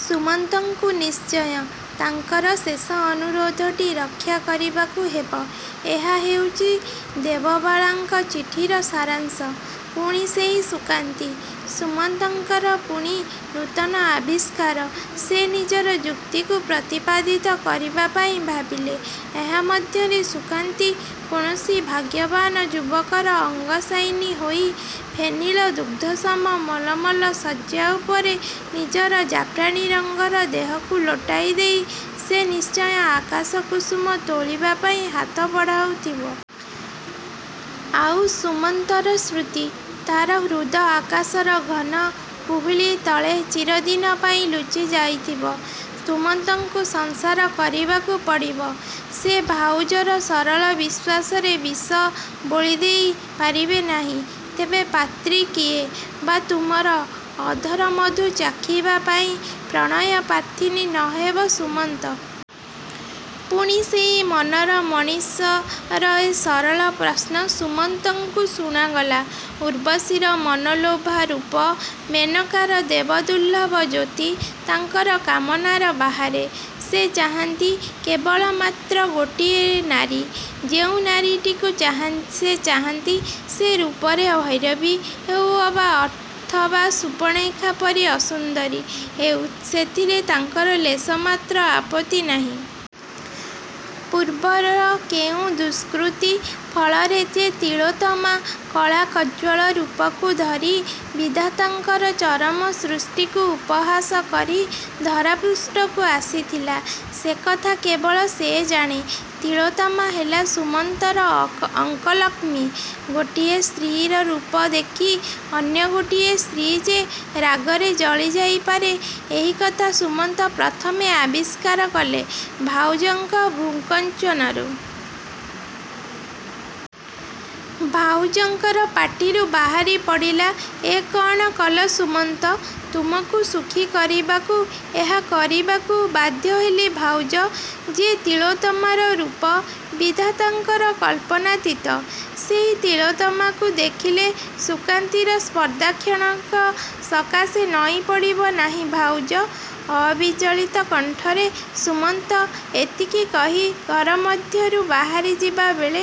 ସୁମନ୍ତଙ୍କୁ ନିଶ୍ଚୟ ତାଙ୍କର ଶେଷ ଅନୁରୋଧଟି ରକ୍ଷା କରିବାକୁ ହେବ। ଏହା ହେଉଛି ଦେବବାଳାଙ୍କ ଚିଠିର ସାରାଂଶ। ପୁଣି ସେହି ସୁକାନ୍ତୀ? ସୁମନ୍ତଙ୍କର ପୁଣି ନୂତନ ଆବିଷ୍କାର। ସେ ନିଜର ଯୁକ୍ତିକୁ ପ୍ରତିପାଦିତ କରିବା ପାଇଁ ଭାବିଲେ ଏହା ମଧ୍ୟରେ ସୁକାନ୍ତୀ କୌଣସି ଭାଗ୍ୟବାନ ଯୁବକର ଅଙ୍ଗଶାୟିନୀ ହୋଇ ଫେନିଳ ଦୁଗ୍ଧସମ ମଲମଲ ଶଯ୍ୟା ଉପରେ ନିଜର ଜାଫ୍ରାନୀ ରଙ୍ଗର ଦେହକୁ ଲୋଟାଇ ଦେଇ ସେ ନିଶ୍ଚୟ ଆକାଶ କୁସୁମ ତୋଳିବା ପାଇଁ ହାତ ବଢ଼ାଉଥିବ। ଆଉ ସୁମନ୍ତର ସ୍ମୃତି ତା'ର ହୃଦ ଆକାଶର ଘନ କୁହେଳି ତଳେ ଚିରଦିନ ପାଇଁ ଲୁଚିଯାଇଥିବ। ସୁମନ୍ତକୁ ସଂସାର କରିବାକୁ ପଡ଼ିବ। ସେ ଭାଉଜର ସରଳ ବିଶ୍ୱାସରେ ବିଷ ବୋଳିଦେଇ ପାରିବେ ନାହିଁ। ତେବେ ପାତ୍ରୀ କିଏ ବା ତୁମର ଅଧରମଧୁ ଚାଖିବା ପାଇଁ ପ୍ରଣୟପ୍ରାର୍ଥିନୀ ନ ହେବ ସୁମନ୍ତ? ପୁଣି ସେହି ମନର ମଣିଷର ଏ ସରଳ ପ୍ରଶ୍ନ ସୁମନ୍ତଙ୍କୁ ଶୁଣାଗଲା। ଉର୍ବଶୀର ମୁନିମନଲୋଭା ରୂପ, ମେନକାର ଦେବଦୁର୍ଲ୍ଲଭ ଜ୍ୟୋତି ତାଙ୍କର କାମନାର ବାହାରେ। ସେ ଚାହାଁନ୍ତି କେବଳମାତ୍ର ଗୋଟିଏ ନାରୀ। ଯେଉଁ ନାରୀଟିକୁ ସେ ଚାହାଁନ୍ତି, ସେ ରୂପରେ ଭୈରବୀ ହେଉ ଅଥବା ସୂର୍ପଣଖା ପରି ଅସୁନ୍ଦରୀ ହେଉ ସେଥିରେ ତାଙ୍କର ଲେଶମାତ୍ର ଆପତ୍ତି ନାହିଁ। ପୂର୍ବର କେଉଁ ଦୁଷ୍କୃତି ଫଳରେ ଯେ ତିଳୋତ୍ତମା କଳାକଜ୍ୱଳ ରୂପକୁ ଧରି ବିଧାତାଙ୍କର ଚରମ ସୃଷ୍ଟିକୁ ଉପହାସ କରି ଧରାପୃଷ୍ଠକୁ ଆସିଥିଲା, ସେ କଥା କେବଳ ସେ ଜାଣେ। ତିଳୋତ୍ତମା ହେଲା ସୁମନ୍ତର ଅଙ୍କଲକ୍ଷ୍ମୀ। ଗୋଟିଏ ସ୍ତ୍ରୀର ରୂପ ଦେଖି ଅନ୍ୟ ଗୋଟିଏ ସ୍ତ୍ରୀ ଯେ ରାଗରେ ଜଳିଯାଇପାରେ ଏହି କଥା ସୁମନ୍ତ ପ୍ରଥମେ ଆବିଷ୍କାର କଲେ ଭାଉଜଙ୍କର ଭ୍ରୂକୁଞ୍ଚନରୁ। ଭାଉଜଙ୍କର ପାଟିରୁ ବାହାରିପଡ଼ିଲା ''ଏ କ'ଣ କଲ ସୁମନ୍ତ? '' ''ତୁମକୁ ସୁଖୀ କରିବାକୁ ଏହା କରିବାକୁ ବାଧ୍ୟ ହେଲି ଭାଉଜ। ଯେଉଁ ତିଳୋତ୍ତମାର ରୂପ ବିଧାତାଙ୍କର କଳ୍ପନାତୀତ, ସେହି ତିଳୋତ୍ତମାକୁ। ଦେଖିଲେ ସୁକାନ୍ତୀର ସ୍ପର୍ଦ୍ଧା କ୍ଷଣକ ସକାଶେ ନଇଁପଡ଼ିବ ନାହିଁ ଭାଉଜ? '' ଅବିଚଳିତ କଣ୍ଠରେ ସୁମନ୍ତ ଏତିକି କହି ଘର ମଧ୍ୟରୁ ବାହାରି ଯିବାବେଳେ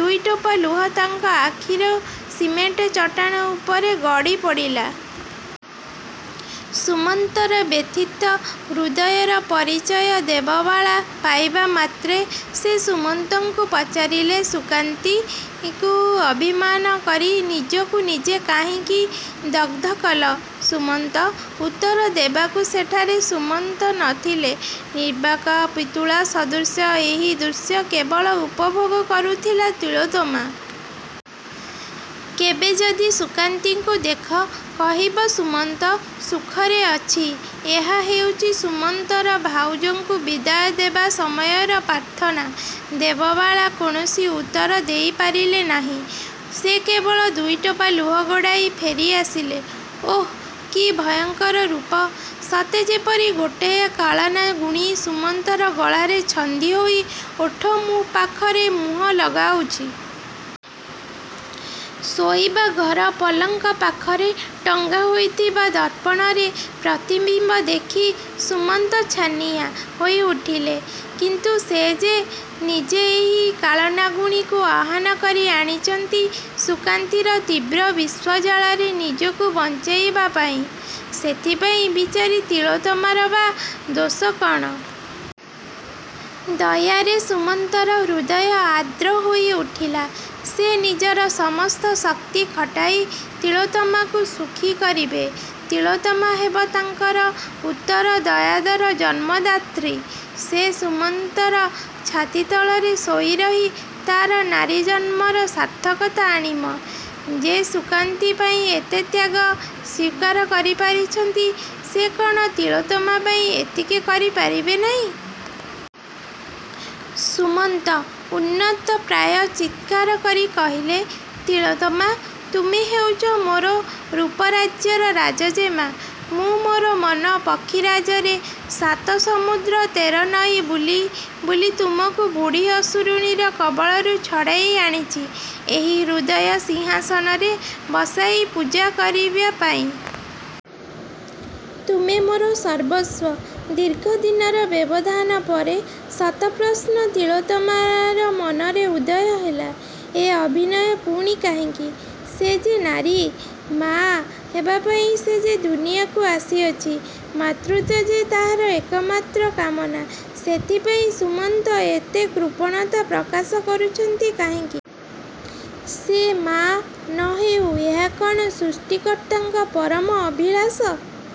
ଦୁଇଟୋପା ଲୁହ ତାଙ୍କ ଆଖିରୁ ସିମେଣ୍ଟ ଚଟାଣ ଉପରେ ଗଡ଼ିପଡ଼ିଲା। ସୁମନ୍ତର ବ୍ୟଥିତ ହୃଦୟର ପରିଚୟ ଦେବବାଳା ପାଇବା ମାତ୍ରେ ସେ ସୁମନ୍ତଙ୍କୁ ପଚାରିଲେ, ''ସୁକାନ୍ତୀକୁ ଅଭିମାନ କରି ନିଜକୁ ନିଜେ କାହିଁକି ଦଗ୍ଧ କଲ ସୁମନ୍ତ? '' ଉତ୍ତର ଦେବାକୁ ସେଠାରେ ସୁମନ୍ତ ନ ଥିଲେ। ନିର୍ବାକ୍ ପିତୁଳାସଦୃଶ ଏହି ଦୃଶ୍ୟ କେବଳ ଉପଭୋଗ କରୁଥିଲା ତିଳୋତ୍ତମା। ''କେବେ ଯଦି ସୁକାନ୍ତୀକୁ ଦେଖ, କହିବ ସୁମନ୍ତ ସୁଖରେ ଅଛି। '' ଏହା ହେଉଛି ସୁମନ୍ତର ଭାଉଜଙ୍କୁ ବିଦାୟ ଦେବା ସମୟରେ ପ୍ରାର୍ଥନା। ଦେବବାଳା କୌଣସି ଉତ୍ତର ଦେଇପାରିଲେ ନାହିଁ। ସେ କେବଳ ଦୁଇଟୋପା ଲୁହ ଗଡ଼ାଇ ଫେରିଆସିଲେ। ଓଃ, କି ଭୟଙ୍କର ରୂପ? ସତେଯେପରି ଗୋଟାଏ କାଳନାଗୁଣୀ ସୁମନ୍ତର ଗଳାରେ ଛନ୍ଦିହୋଇ ଓଠ ପାଖରେ ମୁହଁ ଲଗାଉଛି। ଶୋଇବା ଘର ପଲଙ୍କ ପାଖରେ ଟଙ୍ଗା ହୋଇଥିବା ଦର୍ପଣରେ ପ୍ରତିବିମ୍ବ ଦେଖି ସୁମନ୍ତ ଛାନିଆ ହୋଇଉଠିଲେ। କିନ୍ତୁ ସେ ଯେ ନିଜେ ଏହି କାଳନାଗୁଣୀକୁ ଆହ୍ୱାନ କରି ଆଣିଛନ୍ତି ସୁକାନ୍ତୀର ତୀବ୍ର ବିଷଜ୍ୱାଳାରୁ ନିଜକୁ ବଞ୍ଚାଇବା ପାଇଁ। ସେଥିପାଇଁ ବିଚାରୀ ତିଳୋତ୍ତମାର ବା ଦୋଷ କ'ଣ? ଦୟାରେ ସୁମନ୍ତର ହୃଦୟ ଆର୍ଦ୍ର ହୋଇଉଠିଲା। ସେ ନିଜର ସମସ୍ତ ଶକ୍ତି ଖଟାଇ ତିଳୋତ୍ତମାକୁ ସୁଖୀ କରିବେ। ତିଳୋତ୍ତମା ହେବ ତାଙ୍କର ଉତ୍ତର ଦାୟାଦର ଜନ୍ମଦାତ୍ରୀ। ସେ ସୁମନ୍ତର ଛାତି ତଳରେ ଶୋଇରହି ତା'ର ନାରୀଜନ୍ମର ସାର୍ଥକତା ଆଣିବ। ଯେ ସୁକାନ୍ତୀ ପାଇଁ ଏତେ ତ୍ୟାଗ ସ୍ଵୀକାର କରିପାରିଛନ୍ତି, ସେ କ'ଣ ତିଳୋତ୍ତମା ପାଇଁ ଏତିକି କରିପାରିବେ ନାହିଁ? ସୁମନ୍ତ ଉନ୍ମତ୍ତ ପ୍ରାୟ ଚିତ୍କାର କରି କହିଲେ, ''ତିଳୋତ୍ତମା! ତୁମେ ହେଉଛ ମୋର ରୂପରାଜ୍ୟର ରାଜଜେମା। ମୁଁ ମୋର ମନ ପକ୍ଷିରାଜରେ ସାତ ସମୁଦ୍ର ତେର ନଈ ବୁଲି ବୁଲି ତୁମକୁ ବୁଢ଼ୀ ଅସୁରୁଣୀର କବଳରୁ ଛଡ଼ାଇ ଆଣିଛି ଏହି ହୃଦୟ ସିଂହାସନରେ ବସାଇ ପୂଜା କରିବା ପାଇଁ। ତୁମେ ମୋର ସର୍ବସ୍ୱ। '' ଦୀର୍ଘଦିନର ବ୍ୟବଧାନ ପରେ ଶତପ୍ରଶ୍ନ ତିଳୋତ୍ତମାର ମନରେ ଉଦୟ ହେଲା। ଏ ଅଭିନୟ ପୁଣି କାହିଁକି? ସେ ଯେ ନାରୀ। ମା' ହେବାପାଇଁ ସେ ଯେ ଦୁନିଆକୁ ଆସିଅଛି। ମାତୃତ୍ଵ ଯେ ତାହାର ଏକମାତ୍ର କାମନା। ସେଥିପାଇଁ ସୁମନ୍ତ ଏତେ କୃପଣତା ପ୍ରକାଶ କରୁଛନ୍ତି କାହିଁକି? ସେ ମା' ନ ହେଉ ଏହା କ'ଣ ସୃଷ୍ଟିକର୍ତ୍ତାଙ୍କ ପରମ ଅଭିଳାଷ?